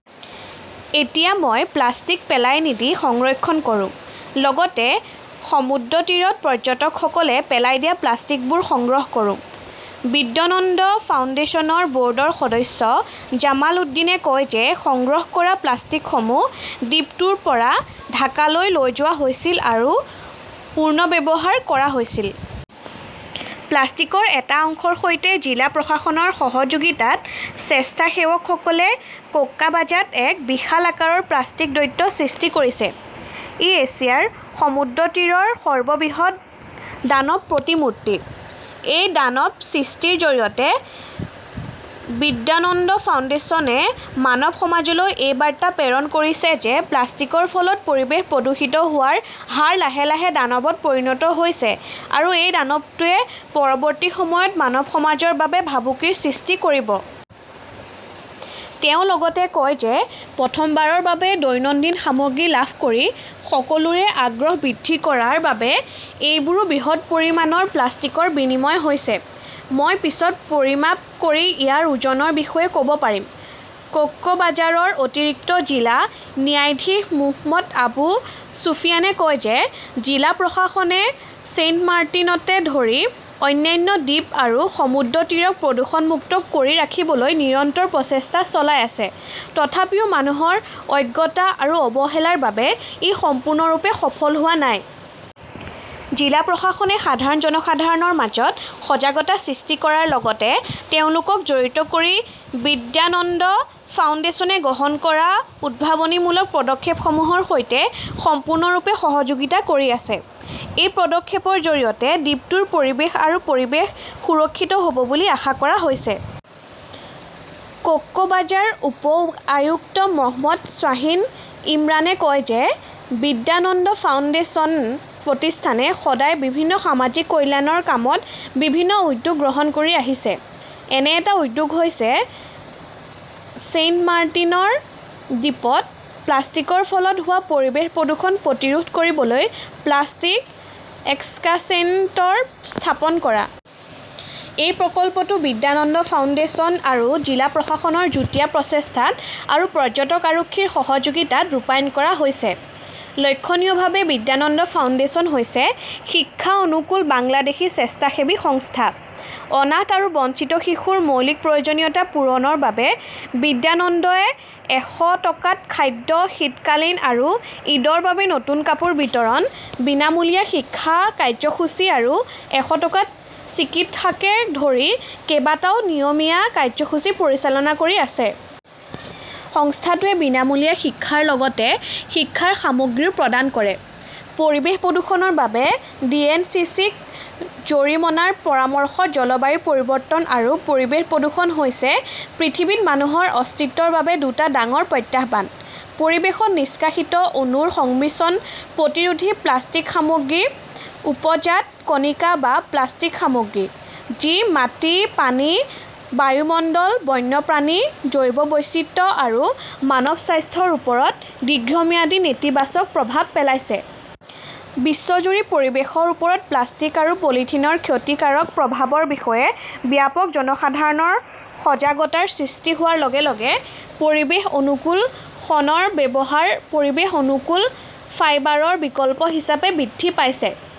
এতিয়া মই প্লাষ্টিক পেলাই নিদি সংৰক্ষণ কৰো, লগতে সমুদ্ৰতীৰত পৰ্যটকসকলে পেলাই দিয়া প্লাষ্টিকবোৰ সংগ্ৰহ কৰো, বিদ্যানন্দ ফাউণ্ডেশ্যনৰ বৰ্ডৰ সদস্য জামাল উদ্দিনে কয় যে সংগ্ৰহ কৰা প্লাষ্টিকসমূহ দ্বীপটোৰ পৰা ঢাকালৈ লৈ যোৱা হৈছিল আৰু পুনৰ্ব্যৱহাৰ কৰা হৈছিল। প্লাষ্টিকৰ এটা অংশৰ সৈতে জিলা প্ৰশাসনৰ সহযোগিতাত স্বেচ্ছাসেৱকসকলে কক্সবাজাৰত এক বিশাল আকাৰৰ 'প্লাষ্টিক দৈত্য' সৃষ্টি কৰিছে। ই এছিয়াৰ সমুদ্ৰতীৰৰ সৰ্ববৃহৎ দানৱ প্ৰতিমূৰ্তি। এই দানৱ সৃষ্টিৰ জৰিয়তে বিদ্যানন্দ ফাউণ্ডেচনে মানৱ সমাজলৈ এই বাৰ্তা প্ৰেৰণ কৰিছে যে প্লাষ্টিকৰ ফলত পৰিৱেশ প্ৰদূষিত হোৱাৰ হাৰ লাহে লাহে দানৱত পৰিণত হৈছে আৰু এই দানৱটোৱে পৰৱৰ্তী সময়ত মানৱ সমাজৰ বাবে ভাবুকিৰ সৃষ্টি কৰিব। তেওঁ লগতে কয় যে প্ৰথমবাৰৰ বাবে দৈনন্দিন সামগ্ৰী লাভ কৰি সকলোৰে আগ্ৰহ বৃদ্ধি কৰাৰ বাবে এইবাৰো বৃহৎ পৰিমাণৰ প্লাষ্টিকৰ বিনিময় হৈছে। মই পিছত পৰিমাপ কৰি ইয়াৰ ওজনৰ বিষয়ে ক 'ব পাৰিম। কক্সবাজাৰৰ অতিৰিক্ত জিলা ন্যায়াধীশ মোহম্মদ আবু ছুফিয়ানে কয় যে জিলা প্ৰশাসনে ছেইণ্টমাৰ্টিনকে ধৰি অন্যান্য দ্বীপ আৰু সমুদ্ৰতীৰক প্ৰদূষণমুক্ত কৰি ৰাখিবলৈ নিৰন্তৰ প্ৰচেষ্টা চলাই আছে, তথাপিও মানুহৰ অজ্ঞতা আৰু অৱহেলাৰ বাবে ই সম্পূৰ্ণৰূপে সফল হোৱা নাই। জিলা প্ৰশাসনে সাধাৰণ জনসাধাৰণৰ মাজত সজাগতা সৃষ্টি কৰাৰ লগতে তেওঁলোকক জড়িত কৰি বিদ্যানন্দ ফাউণ্ডেচনে গ্ৰহণ কৰা উদ্ভাৱনীমূলক পদক্ষেপসমূহৰ সৈতে সম্পূৰ্ণৰূপে সহযোগিতা কৰি আছে। এই পদক্ষেপৰ জৰিয়তে দ্বীপটোৰ পৰিৱেশ আৰু পৰিৱেশ সুৰক্ষিত হব বুলি আশা কৰা হৈছে। কক্সবাজাৰৰ উপ-আয়ুক্ত মহম্মদ শ্বাহিন ইমৰানে কয় যে বিদ্যানন্দ ফাউণ্ডেশ্যন প্ৰতিষ্ঠানে সদায় বিভিন্ন সামাজিক কল্যাণৰ কামত বিভিন্ন উদ্যোগ গ্ৰহণ কৰি আহিছে। এনে এটা উদ্যোগ হৈছে ছেইণ্টমাৰ্টিন দ্বীপত প্লাষ্টিকৰ ফলত হোৱা পৰিৱেশ প্ৰদূষণ প্ৰতিৰোধ কৰিবলৈ 'প্লাষ্টিক এক্সচেঞ্জ ষ্ট'ৰ স্থাপন কৰা। এই প্ৰকল্পটো বিদ্যানন্দ ফাউণ্ডেশ্যন আৰু জিলা প্ৰশাসনৰ যুটীয়া প্ৰচেষ্টাত আৰু পৰ্যটক আৰক্ষীৰ সহযোগিতাত ৰূপায়ণ কৰা হৈছে। লক্ষণীয়ভাৱে বিদ্যানন্দ ফাউণ্ডেশ্যন হৈছে, শিক্ষা অনুকূল বাংলাদেশী স্বেচ্ছাসেৱী সংস্থা। অনাথ আৰু বঞ্চিত শিশুৰ মৌলিক প্ৰয়োজনীয়তা পূৰণৰ বাবে বিদ্যানন্দই এক টকাত খাদ্য, শীতকালীন আৰু ঈদৰ বাবে নতুন কাপোৰ বিতৰণ, বিনামূলীয়া শিক্ষা কাৰ্যসূচী আৰু এক টকাত চিকিৎসাকে ধৰি কেইবাটাও নিয়মীয়া কাৰ্যসূচী পৰিচালনা কৰি আছে। সংস্থাটোৱে বিনামূলীয়া শিক্ষাৰ লগতে শিক্ষাৰ সামগ্ৰীও প্ৰদান কৰে। পৰিৱেশ প্ৰদূষণৰ বাবে ডি. এন. চি. চি. -ক জৰিমনাৰ পৰামৰ্শ জলবায়ু পৰিৱৰ্তন আৰু পৰিৱেশ প্ৰদূষণ হৈছে পৃথিৱীত মানুহৰ অস্তিত্বৰ বাবে দুটা ডাঙৰ প্ৰত্যাহ্বান। পৰিৱেশত নিষ্কাশিত অণুৰ সংমিশ্ৰণ প্ৰতিৰোধী প্লাষ্টিক সামগ্ৰী, উপজাত, কণিকা বা প্লাষ্টিক সামগ্ৰী, যি মাটি, পানী, বায়ুমণ্ডল, বন্যপ্ৰাণী, জৈৱ বৈচিত্ৰ্য আৰু মানৱ স্বাস্থ্যৰ ওপৰত দীৰ্ঘম্যাদী নেতিবাচক প্ৰভাৱ পেলাইছে। বিশ্বজুৰি পৰিৱেশৰ ওপৰত প্লাষ্টিক আৰু পলিথিনৰ ক্ষতিকাৰক প্ৰভাৱৰ বিষয়ে ব্যাপক জনসাধাৰণৰ সজাগতাৰ সৃষ্টি হোৱাৰ লগে লগে পৰিৱেশ-অনুকূল শণৰ ব্যৱহাৰ পৰিৱেশ-অনুকূল ফাইবাৰৰ বিকল্প হিচাপে বৃদ্ধি পাইছে।